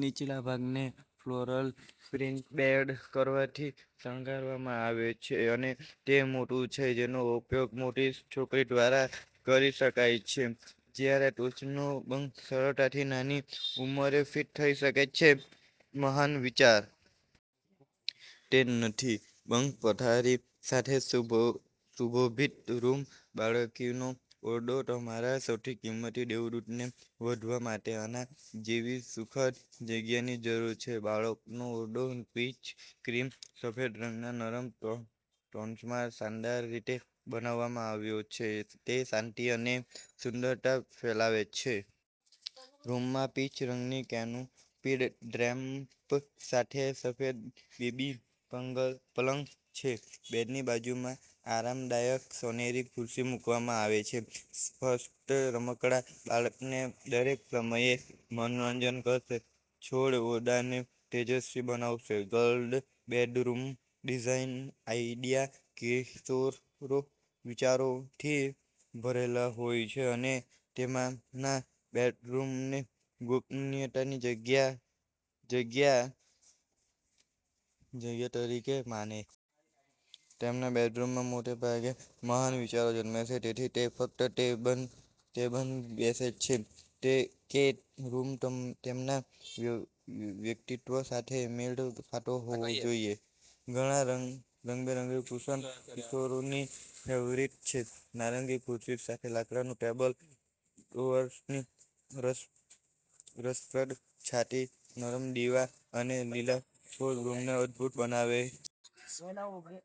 નીચલા ભાગને floral print bed કવરથી શણગારવામાં આવે છે અને તે મોટું છે જેનો ઉપયોગ મોટી છોકરી દ્વારા કરી શકાય છે જ્યારે ટોચનો બંક સરળતાથી નાની ઉંમરે ફિટ થઈ શકે છે. મહાન વિચાર! તે નથી? બંક પથારી સાથે સુશોભિત રૂમ બાળકીનો ઓરડો તમારા સૌથી કિંમતી દેવદૂતને વધવા માટે આના જેવી સુખદ જગ્યાની જરૂર છે. બાળકનો ઓરડો પીચ-ક્રીમ-સફેદ રંગના નરમ ટોન્સમાં શાનદાર રીતે બનાવવામાં આવ્યો છે. તે શાંતિ અને સુંદરતા ફેલાવે છે. રૂમમાં પીચ-રંગીન, કેનોપીડ ડ્રેપ સાથે સફેદ બેબી પલંગ છે. બેડની બાજુમાં આરામદાયક સોનેરી ખુરશી મૂકવામાં આવે છે. સ્ટફ્ડ રમકડાં બાળકને દરેક સમયે મનોરંજન કરશે. છોડ ઓરડાને તેજસ્વી બનાવે છે. ગર્લ્સ બેડરૂમ ડિઝાઇન આઈડિયા કિશોરો વિચારોથી ભરેલા હોય છે અને તેમના બેડરૂમને ગોપનીયતાની જગ્યા તરીકે માને છે. તેમના બેડરૂમમાં મોટાભાગે મહાન વિચારો જન્મે છે, તેથી તે ફક્ત તેબંધબેસે છે કે રૂમ તેમના વ્યક્તિત્વ સાથે મેળ ખાતો હોવો જોઈએ. ઘણાં રંગબેરંગી કુશન કિશોરોની ફેવરિટ છે. નારંગી ખુરશી સાથે લાકડાનું ટેબલ, ડ્રોઅર્સની રસપ્રદ છાતી, નરમ દીવા અને લીલા છોડ રૂમને અદ્ભુત બનાવે છે.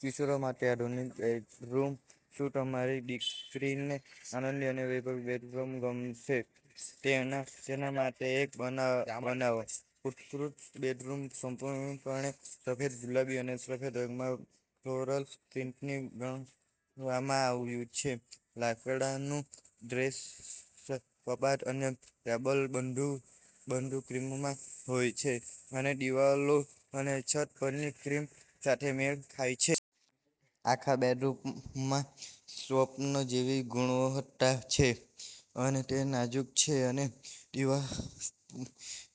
કિશોરો માટે આધુનિક બેડરૂમ. શું તમારી દીકરીને આનંદી અને વૈભવી બેડરૂમ ગમશે? તેના માટે એક બનાવો. ઉત્કૃષ્ટ બેડરૂમ સંપૂર્ણપણે સફેદ ગુલાબી અને સફેદ રંગમાં ફ્લોરલ પ્રિન્ટથી શણગારવામાં આવ્યું છે. લાકડાનું ડ્રેસર, કબાટ અને ટેબલ બધું ક્રીમમાં હોય છે અને દિવાલો અને છત પરની ક્રીમ સાથે મેળ ખાય છે. આખા બેડરૂમમાં સ્વપ્ન જેવી ગુણવત્તા છે અને તે નાજુક છે અને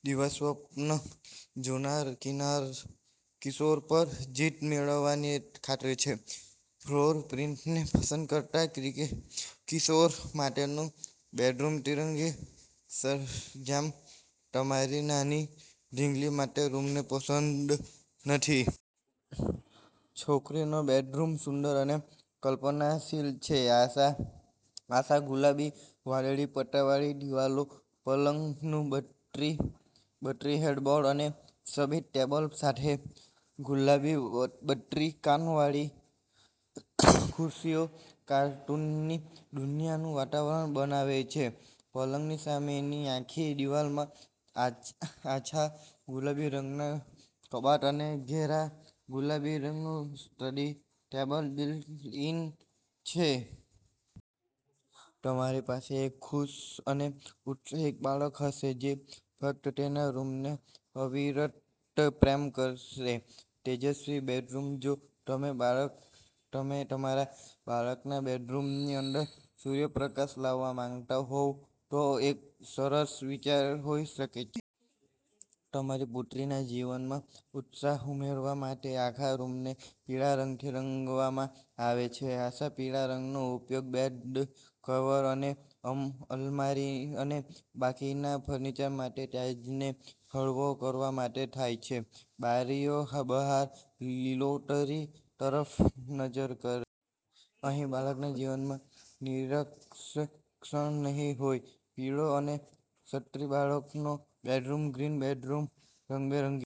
દિવાસ્વપ્ન જોનારા કિશોર પર જીત મેળવવાની ખાતરી છે. ફ્લોરલ પ્રિન્ટને પસંદ કરતા કિશોર માટેનો બેડરૂમ તરંગી સરંજામ તમારી નાની ઢીંગલી માટે રૂમને પસંદ નથી? છોકરીનો બેડરૂમ સુંદર અને કલ્પનાશીલ છે. આછા ગુલાબી-વાદળી પટ્ટાવાળી દિવાલો, પલંગનું બન્ની હેડબોર્ડ અને સફેદ ટેબલ સાથે ગુલાબી બન્ની કાનવાળી ખુરશીઓ કાર્ટૂનની દુનિયાનું વાતાવરણ બનાવે છે. પલંગની સામેની આખી દિવાલમાં આછા ગુલાબી રંગના કબાટ અને ઘેરા ગુલાબી રંગનું સ્ટડી ટેબલ બિલ્ટ-ઇન છે. તમારી પાસે એક ખુશ અને ઉત્સાહિત બાળક હશે જે ફક્ત તેના રૂમને અવિરત પ્રેમ કરશે. તેજસ્વી બેડરૂમ જો તમે તમારા બાળકના બેડરૂમની અંદર સૂર્યપ્રકાશ લાવવા માંગતા હોવ તો એક સરસ વિચાર હોઈ શકે છે. તમારી પુત્રીના જીવનમાં ઉત્સાહ ઉમેરવા માટે આખા રૂમને પીળા રંગથી રંગવામાં આવે છે. આછા પીળા રંગનો ઉપયોગ બેડ કવર અને અલમારી અને બાકીના ફર્નિચર માટે તેજને હળવો કરવા માટે થાય છે. બારીઓ બહાર લીલોતરી તરફ નજર કરે છે. અહીં બાળકના જીવનમાં નીરસ ક્ષણ નહીં હોય! પીળો અને સન્ની બાળકનો બેડરૂમ ગ્રીન બેડરૂમ રંગબેરંગી